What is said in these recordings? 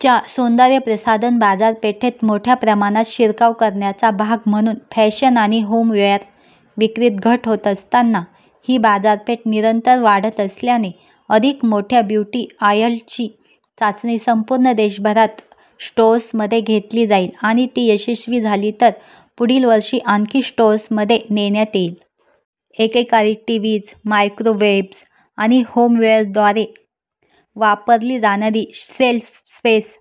च्या. सौंदर्य प्रसाधन बाजारपेठेत मोठ्या प्रमाणात शिरकाव करण्याचा भाग म्हणून, फॅशन आणि होमवेअर विक्रीत घट होत असताना ही बाजारपेठ निरंतर वाढत असल्याने, अधिक मोठ्या ब्युटी आयल्सची चाचणी संपूर्ण देशभरात स्टोअर्समध्ये घेतली जाईल आणि ती यशस्वी झाली तर पुढील वर्षी आणखी स्टोअर्समध्ये नेण्यात येईल. एकेकाळी टीवीज, मायक्रोवेव्ज आणि होमवेअरद्वारे वापरली जाणारी शेल्फ स्पेस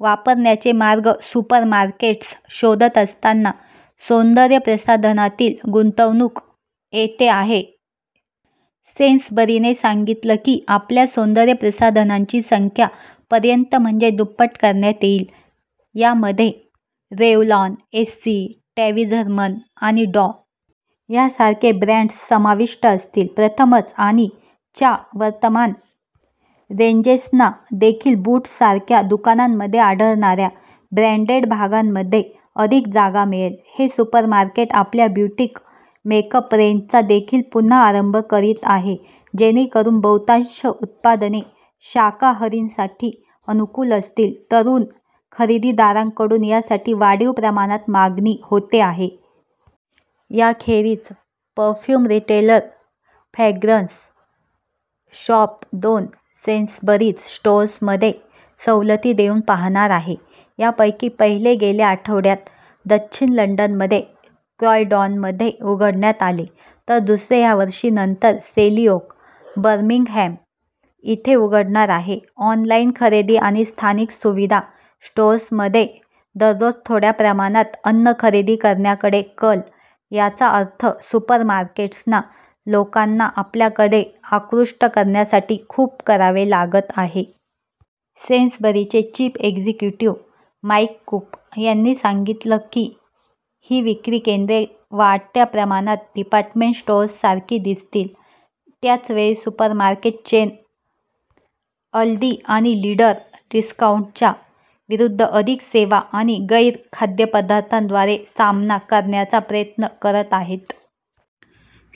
वापरण्याचे मार्ग सुपरमार्केट्स शोधत असताना सौंदर्य प्रसाधनातील गुंतवणूक येते आहे. सेन्सबरीने सांगितलं की आपल्या सौंदर्य प्रसाधनांची संख्या पर्यंत म्हणजे दुप्पट करण्यात येईल, यामध्ये रेवलॉन, एस्सी, ट्विझरमन आणि डॉ. यासारखे ब्रँड्स समाविष्ट असतील. प्रथमच. ', आणि ' च्या वर्तमान रेंजेसना देखील बूट्ससारख्या दुकानांमध्ये आढळणाऱ्या ब्रँडेड भागांमध्ये अधिक जागा मिळेल. हे सुपरमार्केट आपल्या ब्युटिक मेकअप रेंजचा देखील पुन्हा आरंभ करीत आहे जेणेकरुन बहुतांश उत्पादने शाकाहारींसाठी अनुकूल असतील – तरुण खरेदीदारांकडून यासाठी वाढीव प्रमाणात मागणी होते आहे. याखेरीज, परफ्युम रिटेलर फ्रॅग्रन्स शॉप दोन सेन्सबरीज स्टोअर्समध्ये सवलती देऊन पाहणार आहे, यापैकी पहिले गेल्या आठवड्यात, दक्षिण लंडनमध्ये क्रॉयडॉनमध्ये उघडण्यात आले, तर दुसरे यावर्षी नंतर, सेली ओक, बर्मिंगहॅम इथे उघडणार आहे. ऑनलाईन खरेदी आणि स्थानिक सुविधा स्टोअर्समध्ये दररोज थोड्या प्रमाणात अन्न खरेदी करण्याकडे कल याचा अर्थ सुपरमार्केट्सना लोकांना आपल्याकडे आकृष्ट करण्यासाठी खूप करावे लागत आहे. सेन्सबरीचे चिफ एक्झिक्युटीव, माईक कुप, यांनी सांगितलं की ही विक्री केंद्रे वाढत्या प्रमाणात डिपार्टमेंट स्टोअर्ससारखी दिसतील त्याचवेळी सुपरमार्केट चेन अल्दी आणि लिडल डिस्काऊंटर्सच्या विरुद्ध अधिक सेवा आणि गैर-खाद्यपदार्थांद्वारे सामना करण्याचा प्रयत्न करत आहेत.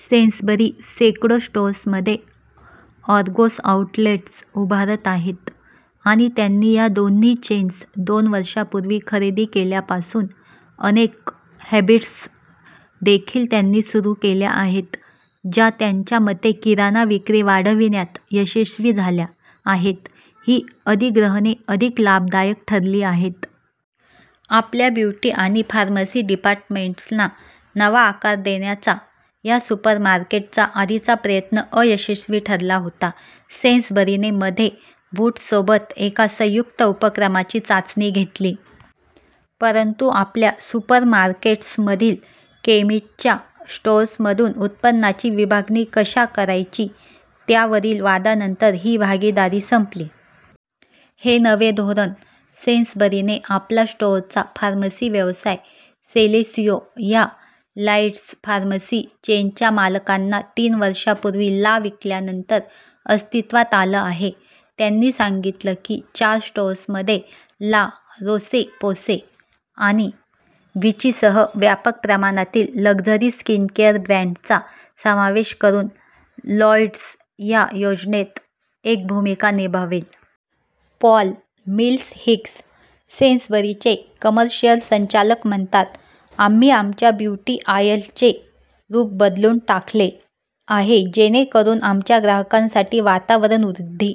सेन्सबरी शेकडो स्टोअर्समध्ये अर्गोस आउटलेट्स उभारत आहे आणि त्यांनी या दोन्ही चेन्स दोन वर्षांपूर्वी खरेदी केल्यापासून अनेक हॅबीटॅट्स देखील त्यांनी सुरु केल्या आहेत, ज्या त्यांच्या मते किराणा विक्री वाढविण्यात यशस्वी झाल्या आहेत ही अधिग्रहणे अधिक लाभदायक ठरली आहेत. आपल्या ब्युटी आणि फार्मसी डिपार्टमेंट्सना नवा आकार देण्याचा या सुपरमार्केटचा आधीचा प्रयत्न अयशस्वी ठरला होता. सेन्सबरीने मध्ये बूट्ससोबत एका संयुक्त उपक्रमाची चाचणी घेतली, परंतु आपल्या सुपरमार्केट्समधील केमिस्टच्या स्टोअर्समधून उत्पन्नाची विभागणी कशा करायची त्यावरील वादानंतर ही भागीदारीसंपली. हे नवं धोरण सेन्सबरीने आपला -स्टोअरचा फार्मसी व्यवसाय सेलेसियो, या लॉईड्स फार्मसी चेनच्या मालकांना, तीन वर्षांपूर्वी ला विकल्यानंतर अस्तित्वात आलं आहे. त्यांनी सांगितलं की चार स्टोअर्समध्ये ला रोशे-पोसे आणि विचीसह व्यापक प्रमाणातील लक्झरी स्किनकेअर ब्रँड्सचा समावेश करुन लॉईड्स या योजनेत एक भूमिका निभावेल. पॉल मिल्स-हिक्स, सेन्सबरीचे, कमर्शियल संचालक, म्हणतात: "आम्ही आमच्या ब्युटी आयल्सचे रुप बदलून टाकले आहे जेणेकरुन आमच्या ग्राहकांसाठी वातावरण वृद्धी